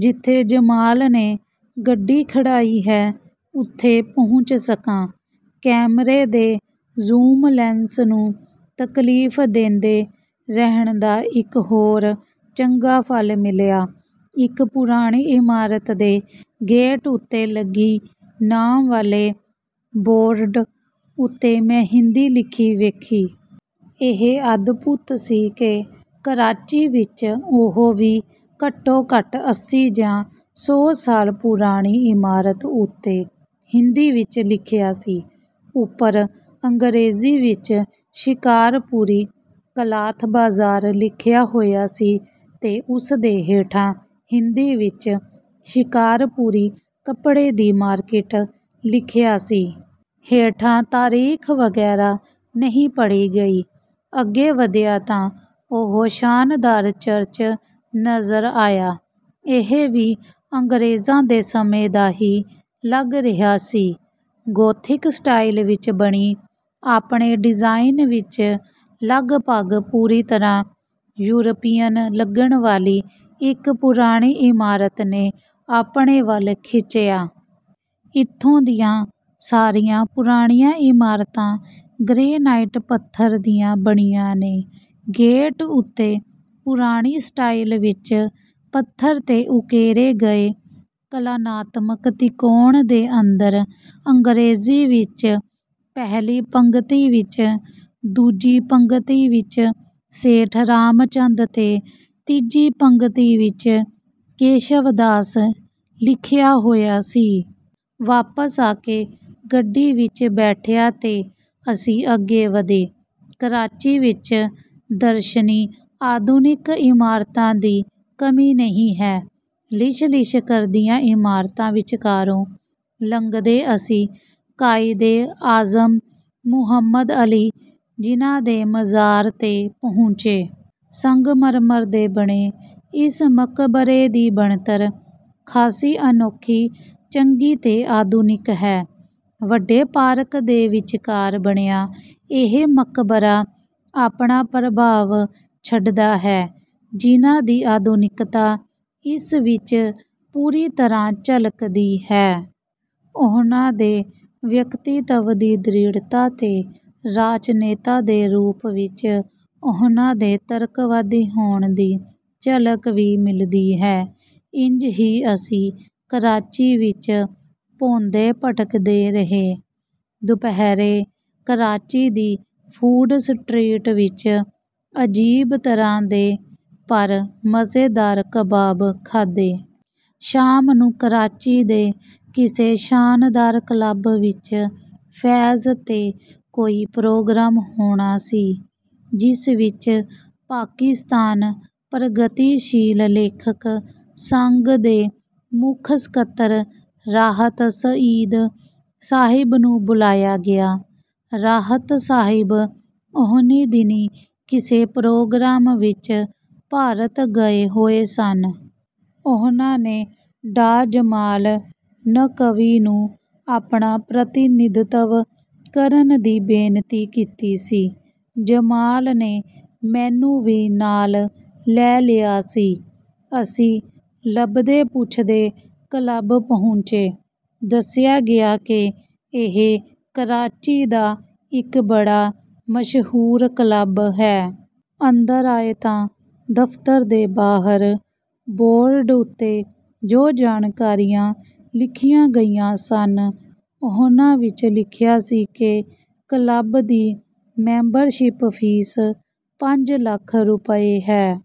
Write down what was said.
ਜਿੱਥੇ ਜਮਾਲ ਨੇ ਗੱਡੀ ਖੜ੍ਹਾਈ ਹੈ, ਉੱਥੇ ਪਹੁੰਚ ਸਕਾਂ। ਕੈਮਰੇ ਦੇ ਜ਼ੂਮ ਲੈਂਸ ਨੂੰ ਤਕਲੀਫ਼ ਦੇਂਦੇ ਰਹਿਣ ਦਾ ਇੱਕ ਹੋਰ ਚੰਗਾ ਫਲ ਮਿਲਿਆ। ਇੱਕ ਪੁਰਾਣੀ ਇਮਾਰਤ ਦੇ ਗੇਟ ਉੱਤੇ ਲੱਗੀ ਨਾਂ ਵਾਲੇ ਬੋਰਡ ਉੱਤੇ ਮੈਂ ਹਿੰਦੀ ਲਿਖੀ ਵੇਖੀ। ਇਹ ਅਦਭੁਤ ਸੀ ਕਿ ਕਰਾਚੀ ਵਿੱਚ, ਉਹ ਵੀ ਘੱਟੋ-ਘੱਟ ਅੱਸੀ ਜਾਂ ਸੌ ਸਾਲ ਪੁਰਾਣੀ ਇਮਾਰਤ ਉੱਤੇ, ਹਿੰਦੀ ਵਿੱਚ ਲਿਖਿਆ ਸੀ। ਉੱਪਰ ਅੰਗਰੇਜ਼ੀ ਵਿੱਚ 'ਸ਼ਿਕਾਰਪੁਰੀ ਕਲਾਥ ਬਾਜ਼ਾਰ' ਲਿਖਿਆ ਹੋਇਆ ਸੀ ਤੇ ਉਸਦੇ ਹੇਠਾਂ ਹਿੰਦੀ ਵਿੱਚ 'ਸ਼ਿਕਾਰਪੁਰੀ ਕੱਪੜੇ ਦੀ ਮਾਰਕੀਟ' ਲਿਖਿਆ ਸੀ। ਹੇਠਾਂ ਤਾਰੀਖ਼ ਵਗ਼ੈਰਾ ਨਹੀਂ ਪੜ੍ਹੀ ਗਈ। ਅੱਗੇ ਵਧਿਆ ਤਾਂ ਉਹ ਸ਼ਾਨਦਾਰ ਚਰਚ ਨਜ਼ਰ ਆਇਆ। ਇਹ ਵੀ ਅੰਗਰੇਜ਼ਾਂ ਦੇ ਸਮੇਂ ਦਾ ਹੀ ਲੱਗ ਰਿਹਾ ਸੀ। ਗੋਥਿਕ ਸਟਾਈਲ ਵਿੱਚ ਬਣੀ, ਆਪਣੇ ਡਿਜ਼ਾਇਨ ਵਿੱਚ ਲਗਭਗ ਪੂਰੀ ਤਰ੍ਹਾਂ ਯੂਰਪੀਅਨ ਲੱਗਣ ਵਾਲੀ ਇੱਕ ਪੁਰਾਣੀ ਇਮਾਰਤ ਨੇ ਆਪਣੇ ਵੱਲ ਖਿੱਚਿਆ। ਇੱਥੋਂ ਦੀਆਂ ਸਾਰੀਆਂ ਪੁਰਾਣੀਆਂ ਇਮਾਰਤਾਂ ਗ੍ਰੇਨਾਈਟ ਪੱਥਰ ਦੀਆਂ ਬਣੀਆਂ ਨੇ। ਗੇਟ ਉੱਤੇ ਪੁਰਾਣੀ ਸਟਾਈਲ ਵਿੱਚ ਪੱਥਰ ਤੇ ਉਕੇਰੇ ਗਏ ਕਲਾਤਮਕ ਤ੍ਰਿਕੋਣ ਦੇ ਅੰਦਰ ਅੰਗਰੇਜ਼ੀ ਵਿੱਚ ਪਹਿਲੀ ਪੰਗਤੀ ਵਿੱਚ…, ਦੂਜੀ ਪੰਗਤੀ ਵਿੱਚ 'ਸੇਠ ਰਾਮਚੰਦ' ਤੇ ਤੀਜੀ ਪੰਗਤੀ ਵਿੱਚ 'ਕੇਸ਼ਵਦਾਸ' ਲਿਖਿਆ ਹੋਇਆ ਸੀ। ਵਾਪਸ ਆ ਕੇ ਗੱਡੀ ਵਿੱਚ ਬੈਠਿਆ ਤੇ ਅਸੀਂ ਅੱਗੇ ਵਧੇ। ਕਰਾਚੀ ਵਿੱਚ ਦਰਸ਼ਨੀ ਆਧੁਨਿਕ ਇਮਾਰਤਾਂ ਦੀ ਕਮੀ ਨਹੀਂ ਹੈ। ਲਿਸ਼ਲਿਸ਼ ਕਰਦੀਆਂ ਇਮਾਰਤਾਂ ਵਿਚਕਾਰੋਂ ਲੰਘਦੇ ਅਸੀਂ ਕਾਇਦੇ-ਆਜ਼ਮ ਮੁਹੰਮਦ ਅਲੀ ਜਿੱਨਾ ਦੇ ਮਜ਼ਾਰ 'ਤੇ ਪਹੁੰਚੇ। ਸੰਗਮਰਮਰ ਦੇ ਬਣੇ ਇਸ ਮਕਬਰੇ ਦੀ ਬਣਤਰ ਖਾਸੀ ਅਨੋਖੀ, ਚੰਗੀ ਤੇ ਆਧੁਨਿਕ ਹੈ। ਵੱਡੇ ਪਾਰਕ ਦੇ ਵਿਚਕਾਰ ਬਣਿਆ ਇਹ ਮਕਬਰਾ ਆਪਣਾ ਪ੍ਰਭਾਵ ਛੱਡਦਾ ਹੈ। ਜਿੱਨਾ ਦੀ 'ਆਧੁਨਿਕਤਾ' ਇਸ ਵਿੱਚ ਪੂਰੀ ਤਰ੍ਹਾਂ ਝਲਕਦੀ ਹੈ। ਉਹਨਾਂ ਦੇ ਵਿਅਕਤੀਤਵ ਦੀ ਦ੍ਰਿੜ੍ਹਤਾ ਤੇ ਰਾਜਨੇਤਾ ਦੇ ਰੂਪ ਵਿੱਚ ਉਹਨਾਂ ਦੇ ਤਰਕਵਾਦੀ ਹੋਣ ਦੀ ਝਲਕ ਵੀ ਮਿਲਦੀ ਹੈ। ਇੰਜ ਹੀ ਅਸੀਂ ਕਰਾਚੀ ਵਿੱਚ ਭੌਂਦੇ-ਭਟਕਦੇ ਰਹੇ। ਦੁਪਹਿਰੇ ਕਰਾਚੀ ਦੀ ਫੂਡ ਸਟਰੀਟ ਵਿੱਚ ਅਜੀਬ ਤਰ੍ਹਾਂ ਦੇ, ਪਰ ਮਜ਼ੇਦਾਰ, ਕਬਾਬ ਖਾਧੇ। ਸ਼ਾਮ ਨੂੰ ਕਰਾਚੀ ਦੇ ਕਿਸੇ ਸ਼ਾਨਦਾਰ ਕਲੱਬ ਵਿੱਚ 'ਫ਼ੈਜ਼' 'ਤੇ ਕੋਈ ਪ੍ਰੋਗਰਾਮ ਹੋਣਾ ਸੀ, ਜਿਸ ਵਿੱਚ ਪਾਕਿਸਤਾਨ ਪ੍ਰਗਤੀਸ਼ੀਲ ਲੇਖਕ ਸੰਘ ਦੇ ਮੁੱਖ ਸਕੱਤਰ ਰਾਹਤ ਸਈਦ ਸਾਹਿਬ ਨੂੰ ਬੁਲਾਇਆ ਗਿਆ ਸੀ। ਰਾਹਤ ਸਾਹਿਬ ਉਹਨੀਂ ਦਿਨੀਂ ਕਿਸੇ ਪ੍ਰੋਗਰਾਮ ਵਿੱਚ ਭਾਰਤ ਗਏ ਹੋਏ ਸਨ। ਉਹਨਾਂ ਨੇ ਡਾ. ਜਮਾਲ ਨਕਵੀ ਨੂੰ ਆਪਣਾ ਪ੍ਰਤੀਨਿਧਤਵ ਕਰਨ ਦੀ ਬੇਨਤੀ ਕੀਤੀ ਸੀ। ਜਮਾਲ ਨੇ ਮੈਨੂੰ ਵੀ ਨਾਲ ਲੈ ਲਿਆ ਸੀ। ਅਸੀਂ ਲੱਭਦੇ-ਪੁੱਛਦੇ ਕਲੱਬ ਪਹੁੰਚੇ। ਦੱਸਿਆ ਗਿਆ ਕਿ ਇਹ ਕਰਾਚੀ ਦਾ ਇੱਕ ਬੜਾ ਮਸ਼ਹੂਰ ਕਲੱਬ ਹੈ। ਅੰਦਰ ਆਏ ਤਾਂ ਦਫ਼ਤਰ ਦੇ ਬਾਹਰ ਬੋਰਡ ਉੱਤੇ ਜੋ ਜਾਣਕਾਰੀਆਂ ਲਿਖੀਆਂ ਗਈਆਂ ਸਨ, ਉਹਨਾਂ ਵਿੱਚ ਲਿਖਿਆ ਸੀ ਕਿ ਕਲੱਬ ਦੀ ਮੈਂਬਰਸ਼ਿੱਪ ਫ਼ੀਸ ਪੰਜ ਲੱਖ ਰੁਪਏ ਹੈ।